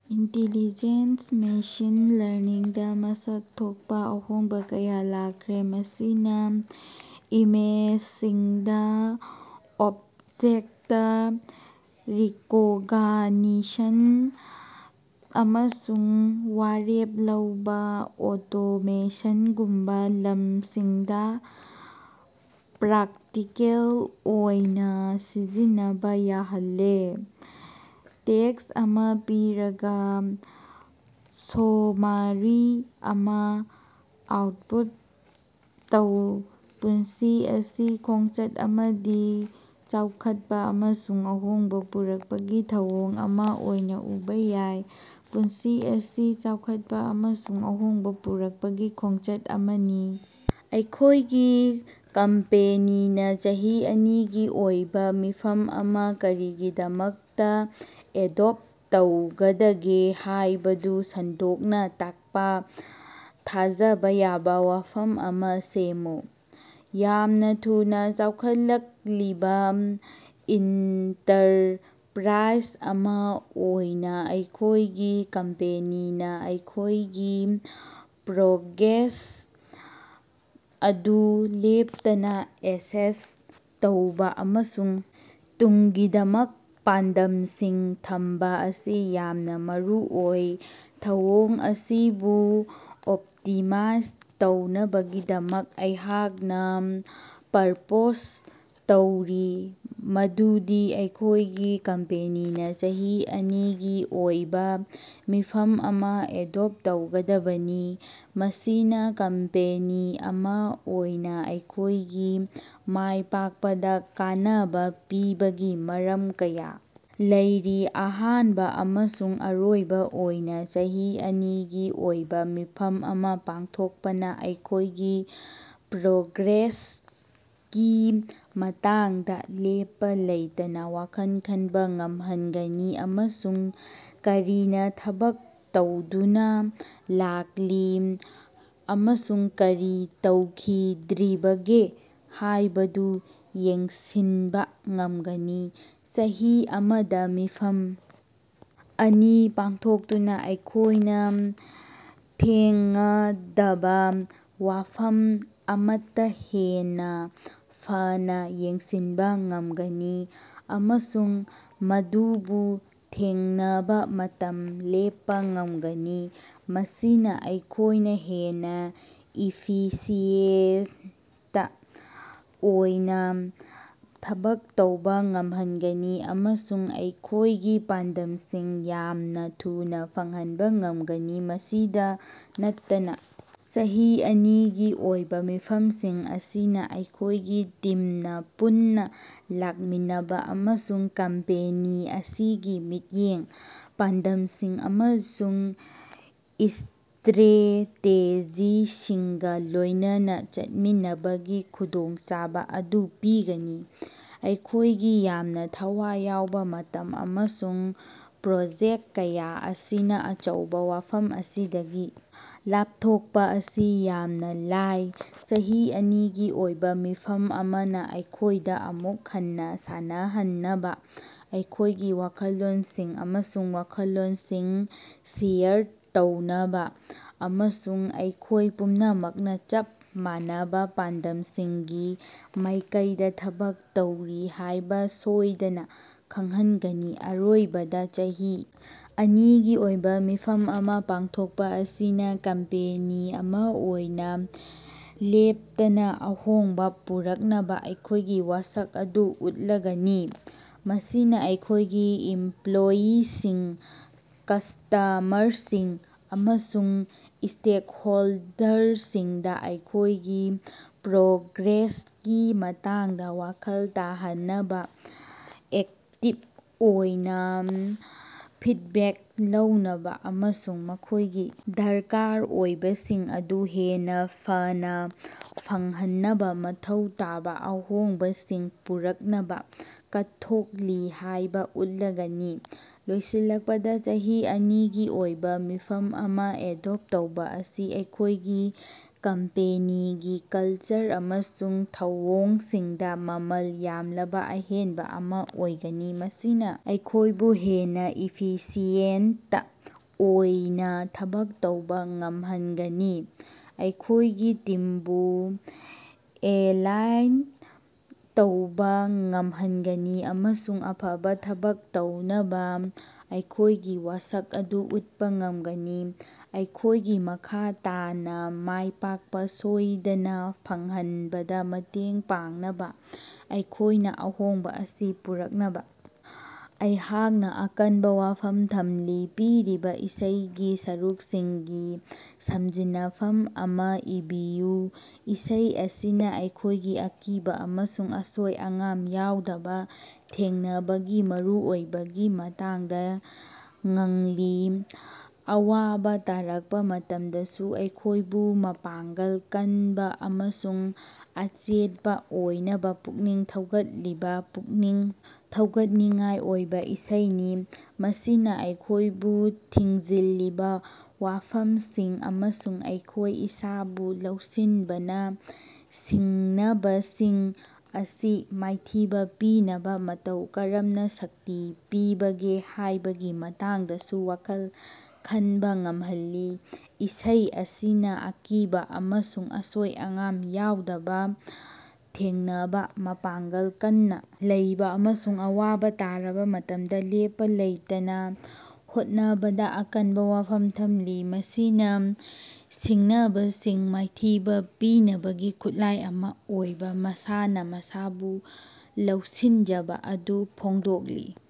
Intelligence machine ꯂꯔꯅꯤꯡꯗ ꯃꯁꯛ ꯊꯣꯛꯄ ꯑꯍꯣꯡꯕ ꯀꯌꯥ ꯂꯥꯛꯈ꯭ꯔꯦ, ꯃꯁꯤꯅ ꯏꯃꯦꯖꯁꯤꯡꯗ ꯑꯣꯕꯖꯦꯛꯇꯥ ꯔꯤꯀꯣꯒꯅꯤꯁꯟ ꯑꯃꯁꯨꯡ ꯋꯥꯔꯦꯞ ꯂꯧꯕ ꯑꯣꯇꯣꯃꯦꯁꯟꯒꯨꯝꯕ ꯂꯝꯁꯤꯡꯗꯥ ꯄ꯭ꯔꯥꯛꯇꯤꯀꯦꯜ ꯑꯣꯏꯅ ꯁꯤꯖꯤꯟꯅꯕ ꯌꯥꯍꯜꯂꯦ꯫ ꯇꯦꯛꯁ ꯑꯃ ꯄꯤꯔꯒ, ꯁꯣꯃꯥꯔꯤ ꯑꯃ ꯑꯥꯎꯠꯄꯨꯠ ꯇꯧ꯫ ꯄꯨꯟꯁꯤ ꯑꯁꯤ ꯈꯣꯡꯆꯠ ꯑꯃꯗꯤ ꯆꯥꯎꯈꯠꯄ ꯑꯃꯁꯨꯡ ꯑꯍꯣꯡꯕ ꯄꯨꯔꯛꯄꯒꯤ ꯊꯧꯑꯣꯡ ꯑꯃ ꯑꯣꯏꯅ ꯎꯕ ꯌꯥꯏ꯫ ꯄꯨꯟꯁꯤ ꯑꯁꯤ ꯆꯥꯎꯈꯠꯄ ꯑꯃꯁꯨꯡ ꯑꯍꯣꯡꯕ ꯄꯨꯔꯛꯄꯒꯤ ꯈꯣꯡꯆꯠ ꯑꯃꯅꯤ꯫। ꯑꯩꯈꯣꯏꯒꯤ ꯀꯝꯄꯦꯅꯤꯅ ꯆꯍꯤ ꯑꯅꯤꯒꯤ ꯑꯣꯏꯕ ꯃꯤꯐꯝ ꯑꯃ ꯀꯔꯤꯒꯤꯗꯃꯛꯇꯥ ꯑꯦꯗꯣꯞ ꯇꯧꯒꯗꯒꯦ ꯍꯥꯏꯕꯗꯨ ꯁꯟꯗꯣꯛꯅ ꯇꯥꯛꯄ ꯊꯥꯖꯕꯥꯥ ꯌꯥꯕ ꯋꯐꯝ ꯑꯃ ꯁꯦꯝꯃꯨ꯫ ꯌꯥꯝꯅ ꯊꯨꯅ ꯆꯥꯎꯈꯠꯂꯛꯂꯤꯕ ꯏꯟꯇꯔꯄ꯭ꯔꯥꯏꯖ ꯑꯃ ꯑꯣꯏꯅ ꯑꯩꯈꯣꯏꯒꯤ ꯀꯝꯄꯦꯅꯤꯅ ꯑꯩꯈꯣꯏꯒꯤ ꯄ꯭ꯔꯣꯒ꯭ꯔꯦꯁ ꯑꯗꯨ ꯂꯦꯞꯇꯥꯅ ꯑꯦꯁꯦꯁ ꯇꯧꯕ ꯑꯃꯁꯨꯡ ꯇꯨꯡꯒꯤꯗꯃꯛ ꯄꯥꯟꯗꯝꯁꯤꯡ ꯊꯝꯕ ꯑꯁꯤ ꯌꯥꯝꯅ ꯃꯔꯨꯑꯣꯏ꯫ ꯊꯧꯑꯣꯡ ꯑꯁꯤꯕꯨ ꯑꯣꯞꯇꯤꯃꯥꯏꯖ ꯇꯧꯅꯕꯒꯤꯗꯃꯛ ꯑꯩꯍꯥꯛꯅ ꯄ꯭ꯔꯄꯣꯖ ꯇꯧꯔꯤ ꯃꯗꯨꯗꯤ ꯑꯩꯈꯣꯏꯒꯤ ꯀꯝꯄꯦꯅꯤꯅ ꯆꯍꯤ ꯑꯅꯤꯒꯤ ꯑꯣꯏꯕ ꯃꯤꯐꯝ ꯑꯃ ꯑꯦꯗꯣꯞ ꯇꯧꯒꯗꯕꯅꯤ꯫ ꯃꯁꯤꯅ ꯀꯝꯄꯦꯅꯤ ꯑꯃ ꯑꯣꯏꯅ ꯑꯩꯈꯣꯏꯒꯤ ꯃꯥꯏꯄꯥꯛꯄꯗꯥ ꯀꯥꯟꯅꯕ ꯄꯤꯕꯒꯤ ꯃꯔꯝ ꯀꯌꯥ ꯂꯩꯔꯤ꯫ ꯑꯍꯥꯟꯕ ꯑꯃꯁꯨꯡ ꯑꯔꯣꯏꯕ ꯑꯣꯏꯅ, ꯆꯍꯤ ꯑꯅꯤꯒꯤ ꯑꯣꯏꯕ ꯃꯤꯐꯝ ꯑꯃ ꯄꯥꯡꯊꯣꯛꯄꯅꯥ ꯑꯩꯈꯣꯏꯒꯤ ꯄ꯭ꯔꯣꯒ꯭ꯔꯦꯁꯀꯤ ꯃꯇꯥꯡꯗ ꯂꯦꯞꯄ ꯂꯩꯇꯅ ꯋꯈꯜ ꯈꯟꯕ ꯉꯝꯍꯟꯒꯅꯤ ꯑꯃꯁꯨꯡ ꯀꯔꯤꯅꯥ ꯊꯕꯛ ꯇꯧꯗꯨꯅ ꯂꯥꯛꯂꯤ ꯑꯃꯁꯨꯡ ꯀꯔꯤ ꯇꯧꯈꯤꯗ꯭ꯔꯤꯕꯒꯦ ꯍꯥꯏꯕꯗꯨ ꯌꯦꯡꯁꯤꯟꯕ ꯉꯝꯒꯅꯤ꯫ ꯆꯍꯤ ꯑꯃꯗ ꯃꯤꯐꯝ ꯑꯅꯤ ꯄꯥꯡꯊꯣꯛꯇꯨꯅ ꯑꯩꯈꯣꯏꯅ ꯊꯦꯡꯉꯗꯕ ꯋꯐꯝ ꯑꯃꯠꯇꯥ ꯍꯦꯟꯅ ꯐꯅꯥ ꯌꯦꯡꯁꯤꯟꯕ ꯉꯝꯒꯅꯤ ꯑꯃꯁꯨꯡ ꯃꯗꯨꯕꯨ ꯊꯦꯡꯅꯕ ꯃꯇꯝ ꯂꯦꯞꯄꯥ ꯉꯝꯒꯅꯤ꯫ ꯃꯁꯤꯅ ꯑꯩꯈꯣꯏꯅ ꯍꯦꯟꯅ ꯏꯐꯤꯁꯤꯌꯦꯟꯇ ꯑꯣꯏꯅ ꯊꯕꯛ ꯇꯧꯕ ꯉꯝꯍꯟꯒꯅꯤ ꯑꯃꯁꯨꯡ ꯑꯩꯈꯣꯏꯒꯤ ꯄꯥꯟꯗꯝꯁꯤꯡ ꯌꯥꯝꯅ ꯊꯨꯅ ꯐꯪꯍꯟꯕ ꯉꯝꯒꯅꯤ꯫ ꯃꯁꯤꯗ ꯅꯠꯇꯅꯥ ꯆꯍꯤ ꯑꯅꯤꯒꯤ ꯑꯣꯏꯕ ꯃꯤꯐꯝꯁꯤꯡ ꯑꯁꯤꯅ ꯑꯩꯈꯣꯏꯒꯤ ꯇꯤꯝꯅ ꯄꯨꯟꯅ ꯂꯥꯛꯃꯤꯟꯅꯕ ꯑꯃꯁꯨꯡ ꯀꯝꯄꯦꯅꯤ ꯑꯁꯤꯒꯤ ꯃꯤꯠꯌꯦꯡ, ꯄꯥꯟꯗꯝꯁꯤꯡ ꯑꯃꯁꯨꯡ ꯏꯁꯇ꯭ꯔꯦꯇꯦꯖꯤꯁꯤꯡꯒꯥ ꯂꯣꯏꯅꯥꯅ ꯆꯠꯃꯤꯟꯅꯕꯒꯤ ꯈꯨꯗꯣꯡꯆꯥꯕ ꯑꯃ ꯄꯤꯒꯅꯤ꯫ ꯑꯩꯈꯣꯏꯒꯤ ꯌꯥꯝꯅ ꯊꯋꯥꯏ ꯌꯥꯎꯕ ꯃꯇꯝ ꯑꯃꯁꯨꯡ ꯄ꯭ꯔꯣꯖꯦꯛ ꯀꯌꯥ ꯑꯁꯤꯅ ꯑꯆꯧꯕ ꯋꯥꯐꯝ ꯑꯁꯤꯗꯒꯤ ꯂꯥꯞꯊꯣꯛꯄ ꯑꯁꯤ ꯌꯥꯝꯅ ꯂꯥꯏ꯫ ꯆꯍꯤ ꯑꯅꯤꯒꯤ ꯑꯣꯏꯕ ꯃꯤꯐꯝ ꯑꯃꯅ ꯑꯩꯈꯣꯏꯗ ꯑꯃꯨꯛ ꯍꯟꯅꯥ ꯁꯝꯅꯍꯟꯅꯕ, ꯑꯩꯈꯣꯏꯒꯤ ꯋꯥꯈꯜꯂꯣꯟꯁꯤꯡ ꯑꯃꯁꯨꯡ ꯋꯥꯈꯜꯂꯣꯟꯁꯤꯡ ꯁꯤꯌꯔ ꯇꯧꯅꯕ, ꯑꯃꯁꯨꯡ ꯑꯩꯈꯣꯏ ꯄꯨꯝꯅꯃꯛꯅ ꯆꯞ ꯃꯥꯟꯅꯕ ꯄꯥꯟꯗꯝꯁꯤꯡꯒꯤ ꯃꯥꯏꯀꯩꯗ ꯊꯕꯛ ꯇꯧꯔꯤ ꯍꯥꯏꯕ ꯁꯣꯏꯗꯅ ꯈꯪꯍꯟꯒꯅꯤ꯫ ꯑꯔꯣꯏꯕꯗ, ꯆꯍꯤ ꯑꯅꯤꯒꯤ ꯑꯣꯏꯕ ꯃꯤꯐꯝ ꯑꯃ ꯄꯥꯡꯊꯣꯛꯄꯥ ꯑꯁꯤꯅ ꯀꯝꯄꯦꯅꯤ ꯑꯃ ꯑꯣꯏꯅ ꯂꯦꯞꯇꯅꯥ ꯑꯍꯣꯡꯕ ꯄꯨꯔꯛꯅꯕ ꯑꯩꯈꯣꯏꯒꯤ ꯋꯥꯁꯛ ꯑꯗꯨ ꯎꯠꯂꯒꯅꯤ꯫ ꯃꯁꯤꯅ ꯑꯩꯈꯣꯏꯒꯤ ꯏꯝꯄꯂꯣꯌꯤꯁꯤꯡ, ꯀꯁꯇꯥꯃꯔꯁꯤꯡ, ꯑꯃꯁꯨꯡ ꯁ꯭ꯇꯦꯛꯍꯣꯜꯗꯔꯁꯤꯡꯗ ꯑꯩꯈꯣꯏꯒꯤ ꯄ꯭ꯔꯣꯒ꯭ꯔꯦꯁꯀꯤ ꯃꯇꯥꯡꯗ ꯋꯥꯈꯜ ꯇꯥꯍꯟꯅꯕ, ꯑꯦꯛꯇꯤꯚ ꯑꯣꯏꯅ ꯐꯤꯗꯕꯦꯛ ꯂꯧꯅꯕ, ꯑꯃꯁꯨꯡ ꯃꯈꯣꯏꯒꯤ ꯗꯔꯀꯥꯔ ꯑꯣꯏꯕꯁꯤꯡ ꯑꯗꯨ ꯍꯦꯟꯅ ꯐꯅꯥ ꯐꯪꯍꯟꯅꯕ ꯃꯊꯧ ꯇꯥꯕ ꯑꯍꯣꯡꯕꯁꯤꯡ ꯄꯨꯔꯛꯅꯕꯥ ꯀꯠꯊꯣꯛꯂꯤ ꯍꯥꯏꯕ ꯎꯠꯂꯒꯅꯤ꯫ ꯂꯣꯏꯁꯤꯜꯂꯛꯄꯗ, ꯆꯍꯤ ꯑꯅꯤꯒꯤ ꯑꯣꯏꯕ ꯃꯤꯐꯝ ꯑꯃ ꯑꯦꯗꯣꯞ ꯇꯧꯕ ꯑꯁꯤ ꯑꯩꯈꯣꯏꯒꯤ ꯀꯝꯄꯦꯅꯤꯒꯤ ꯀꯜꯆꯔ ꯑꯃꯁꯨꯡ ꯊꯧꯑꯣꯡꯁꯤꯡꯗ ꯃꯃꯜ ꯌꯥꯝꯂꯕ ꯑꯍꯦꯟꯕ ꯑꯃ ꯑꯣꯏꯒꯅꯤ꯫ ꯃꯁꯤꯅ ꯑꯩꯈꯣꯏꯕꯨ ꯍꯦꯟꯅ ꯏꯐꯤꯁꯤꯌꯦꯟꯇ ꯑꯣꯏꯅ ꯊꯕꯛ ꯇꯧꯕ ꯉꯝꯍꯟꯒꯅꯤ, ꯑꯩꯈꯣꯏꯒꯤ ꯇꯤꯝꯕꯨ ꯑꯦꯂꯥꯏꯟ ꯇꯧꯕ ꯉꯝꯍꯟꯒꯅꯤ ꯑꯃꯁꯨꯡ ꯑꯐꯕ ꯊꯕꯛ ꯇꯧꯅꯕ ꯑꯩꯈꯣꯏꯒꯤ ꯋꯥꯁꯛ ꯑꯗꯨ ꯎꯠꯄꯥ ꯉꯝꯒꯅꯤ꯫ ꯑꯩꯈꯣꯏꯒꯤ ꯃꯈꯥ ꯇꯥꯅ ꯃꯥꯏꯄꯥꯛꯄ ꯁꯣꯏꯗꯅ ꯐꯪꯍꯟꯕꯗ ꯃꯇꯦꯡ ꯄꯥꯡꯅꯕ ꯑꯩꯈꯣꯏꯅ ꯑꯍꯣꯡꯕ ꯑꯁꯤ ꯄꯨꯔꯛꯅꯕ ꯑꯩꯍꯥꯛꯅ ꯑꯀꯟꯕ ꯋꯥꯐꯝ ꯊꯝꯂꯤ꯫ ꯄꯤꯔꯤꯕ ꯏꯁꯩꯒꯤ ꯁꯔꯨꯛꯁꯤꯡꯒꯤ ꯁꯝꯖꯤꯟꯅꯐꯝ ꯑꯃ ꯏꯕꯤꯌꯨ꯫ ꯏꯁꯩ ꯑꯁꯤꯅ ꯑꯩꯈꯣꯏꯒꯤ ꯑꯀꯤꯕ ꯑꯃꯁꯨꯡ ꯑꯁꯣꯏ-ꯑꯉꯥꯝ ꯌꯥꯎꯗꯕꯥ ꯊꯦꯡꯅꯕꯒꯤ ꯃꯔꯨꯑꯣꯏꯕꯒꯤ ꯃꯇꯥꯡꯗ ꯉꯥꯡꯂꯤ꯫ ꯑꯋꯥꯕ ꯇꯥꯔꯛꯄ ꯃꯇꯝꯗꯁꯨ ꯑꯩꯈꯣꯏꯕꯨ ꯃꯄꯥꯡꯒꯜ ꯀꯟꯕ ꯑꯃꯁꯨꯡ ꯑꯆꯦꯠꯄꯥ ꯑꯣꯏꯅꯕ ꯄꯨꯛꯅꯤꯡ ꯊꯧꯒꯠꯂꯤꯕ ꯄꯨꯛꯅꯤꯡ ꯊꯧꯒꯠꯅꯤꯡꯉꯥꯏ ꯑꯣꯏꯕ ꯏꯁꯩꯅꯤ꯫ ꯃꯁꯤꯅꯥ ꯑꯩꯈꯣꯌꯕꯨ ꯊꯤꯡꯖꯤꯜꯂꯤꯕꯥ ꯋꯥꯐꯝꯁꯤꯡ ꯑꯃꯁꯨꯡ ꯑꯩꯈꯣꯏ ꯏꯁꯥꯕꯨ ꯂꯧꯁꯤꯟꯕꯅ ꯁꯤꯡꯅꯕꯁꯤꯡ ꯑꯁꯤ ꯃꯥꯏꯊꯤꯕ ꯄꯤꯅꯕ ꯃꯇꯧ ꯀꯔꯝꯅ ꯁꯛꯇꯤ ꯄꯤꯕꯒꯦ ꯍꯥꯏꯕꯒꯤ ꯃꯇꯥꯡꯗꯁꯨ ꯋꯥꯈꯜ ꯈꯟꯕ ꯉꯝꯍꯜꯂꯤ꯫ ꯏꯁꯩ ꯑꯁꯤꯅ ꯑꯀꯤꯕ ꯑꯃꯁꯨꯡ ꯑꯁꯣꯏ-ꯑꯉꯥꯝ ꯌꯥꯎꯗꯕ ꯊꯦꯡꯅꯕ, ꯃꯄꯥꯡꯒꯜ ꯀꯟꯅ ꯂꯩꯕ ꯑꯃꯁꯨꯡ ꯑꯋꯥꯕ ꯇꯥꯔꯕ ꯃꯇꯝꯗ ꯂꯦꯞꯄ ꯂꯩꯇꯅ ꯍꯣꯠꯅꯕꯗ ꯑꯀꯟꯕ ꯋꯥꯐꯝ ꯊꯝꯂꯤ꯫ ꯃꯁꯤꯅ ꯁꯤꯡꯅꯕꯁꯤꯡ ꯃꯥꯏꯊꯤꯕ ꯄꯤꯅꯕꯒꯤ ꯈꯨꯠꯂꯥꯏ ꯑꯃ ꯑꯣꯏꯅ ꯃꯁꯥꯅ ꯃꯁꯥꯕꯨ ꯂꯧꯁꯤꯟꯖꯕ ꯑꯗꯨ ꯐꯣꯡꯗꯣꯛꯂꯤ꯫